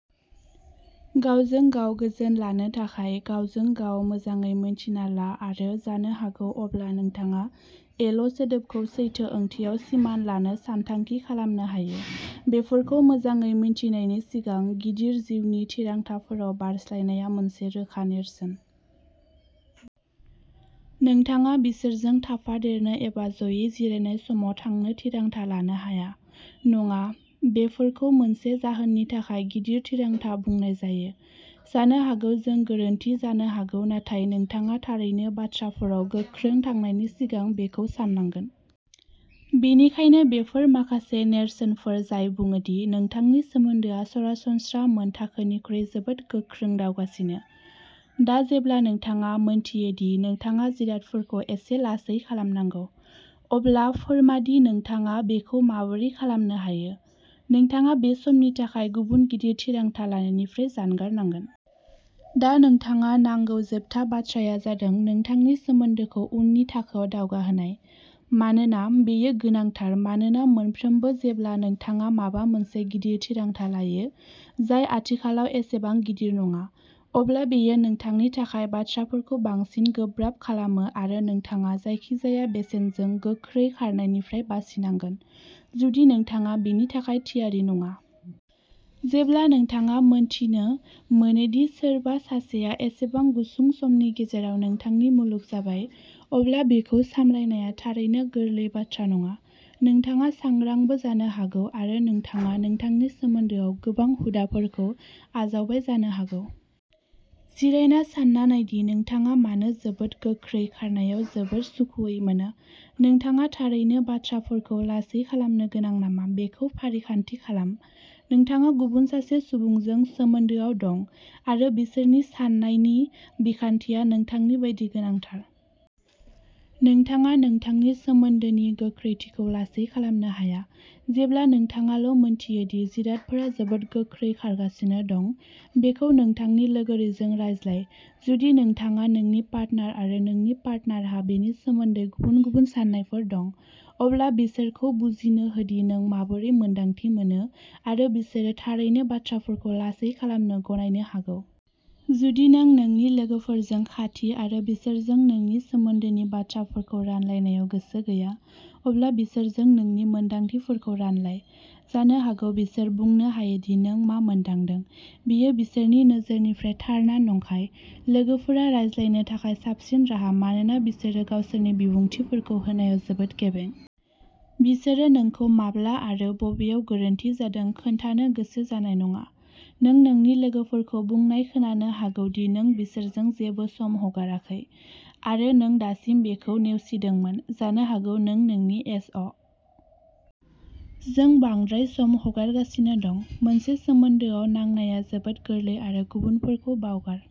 गावजों गाव गोजोन लानो थाखाय, गावजों गाव मोजाङै मिन्थिना ला आरो जानो हागौ अब्ला नोंथाङा एल सोदोबखौ सैथो ओंथियाव सिमान लानो सानथांखि खालामनो हायो। बेफोरखौ मोजाङै मिथिनायनि सिगां गिदिर जिउनि थिरांथाफोराव बारस्लायनाया मोनसे रोखा नेरसोन। नोंथाङा बिसोरजों थाफादेरनो एबा जयै जिरायनाय समाव थांनो थिरांथा लानो हाया। नङा, बेफोरखौ मोनसे जाहोननि थाखाय गिदिर थिरांथा बुंनाय जायो। जानो हागौ जों गोरोन्थि जानो हागौ नाथाय नोंथाङा थारैनो बाथ्राफोराव गोख्रै थांनायनि सिगां बेखौ साननांगोन। बेनिखायनो बेफोर माखासे नेरसोनफोर जाय बुङोदि नोंथांनि सोमोन्दोआ सरासनस्रा मानथाखोनिख्रुइ जोबोद गोख्रै दावगागासिनो। दा जेब्ला नोंथाङा मिन्थियो दि नोंथाङा जिरादफोरखौ एसे लासै खालामनांगौ, अब्ला फोरमादि नोंथाङा बेखौ माबोरै खालामनो हायो। नोंथाङा बे समनि थाखाय गुबुन गिदिर थिरांथा लानायनिफ्राय जागारनांगोन। दा नोंथाङा नांगौ जोबथा बाथ्राया जादों नोंथांनि सोमोन्दोखौ उननि थाखोआव दावगाहोनाय। मानोना बेयो गोनांथार मानोना मोनफ्रोमबो जेब्ला नोंथाङा माबा मोनसे गिदिर थिरांथा लायो, जाय आथिखालाव एसेबां गिदिर नङा, अब्ला बेयो नोंथांनि थाखाय बाथ्राफोरखौ बांसिन गोब्राब खालामो आरो नोंथाङा जायखिजाया बेसेनजों गोख्रै खारनायनिफ्राय बासिनांगोन, जुदि नोंथाङा बेनि थाखाय थियारि नङा। जेब्ला नोंथाङा मिथिनो मोनोदि सोरबा सासेया एसेबां गुसुं समनि गेजेराव नोंथांनि मुलुग जाबाय, अब्ला बेखौ सामलायनाया थारैनो गोरलै बाथ्रा नङा। नोंथाङा सांग्रांबो जानो हागौ आरो नोंथाङा नोंथांनि सोमोन्दोआव गोबां हुदाफोरखौ आजावबाय जानो हागौ। जिरायना सानना नायदि नोंथाङा मानो जोबोद गोख्रै खारनायाव जोबोद सुखुयै मोनो, नोंथाङा थारैनो बाथ्राफोरखौ लासै खालामनो गोनां नामा बेखौ फारिखान्थि खालाम। नोंथाङा गुबुन सासे सुबुंजों सोमोन्दोआव दं आरो बिसोरनि साननायनि बिखान्थिया नोंथांनि बायदि गोनांथार। नोंथाङा नोंथांनि सोमोन्दोनि गोख्रैथिखौ लासै खालामनो हाया, जेब्ला नोंथाङाल' मिथियो दि जिरादफोरा जोबोद गोख्रै खारगासिनो दं। बेखौ नोंथांनि लोगोरिजों रायज्लाय। जुदि नोंथाङा नोंनि पार्टनार आरो नोंनि पार्टनारहा बेनि सोमोन्दै गुबुन गुबुन साननायफोर दं, अब्ला बिसोरखौ बुजिनो होदि नों माबोरै मोन्दांथि मोनो आरो बिसोरो थारैनो बाथ्राफोरखौ लासै खालामनो गनायनो हागौ। जुदि नों नोंनि लोगोफोरजों खाथि आरो बिसोरजों नोंनि सोमोन्दोनि बाथ्राफोरखौ रानलायनायाव गोसो गैया, अब्ला बिसोरजों नोंनि मोन्दांथिफोरखौ रानलाय। जानो हागौ बिसोर बुंनो हायोदि नों मा मोनदांदों बेयो बिसोरनि नोजोरनिफ्राय थार ना नंखाय। लोगोफोरा रायज्लायनो थाखाय साबसिन राहा मानोना बिसोरो गावसोरनि बिबुंथिखौ होनायाव जोबोद गेबें। बिसोरो नोंखौ माब्ला आरो बबेयाव गोरोन्थि जादों खोन्थानो गोसो जानाय नङा। नों नोंनि लोगोफोरखौ बुंनाय खोनानो हागौदि नों बिसोरजों जेबो सम हगाराखै आरो नों दासिम बेखौ नेवसिदोंमोन। जानो हागौ नों नोंनि एस अ। जों बांद्राय सम हगारगासिनो दं। मोनसे सोमोन्दोआव नांनाया जोबोद गोरलै आरो गुबुनफोरखौ बावगार।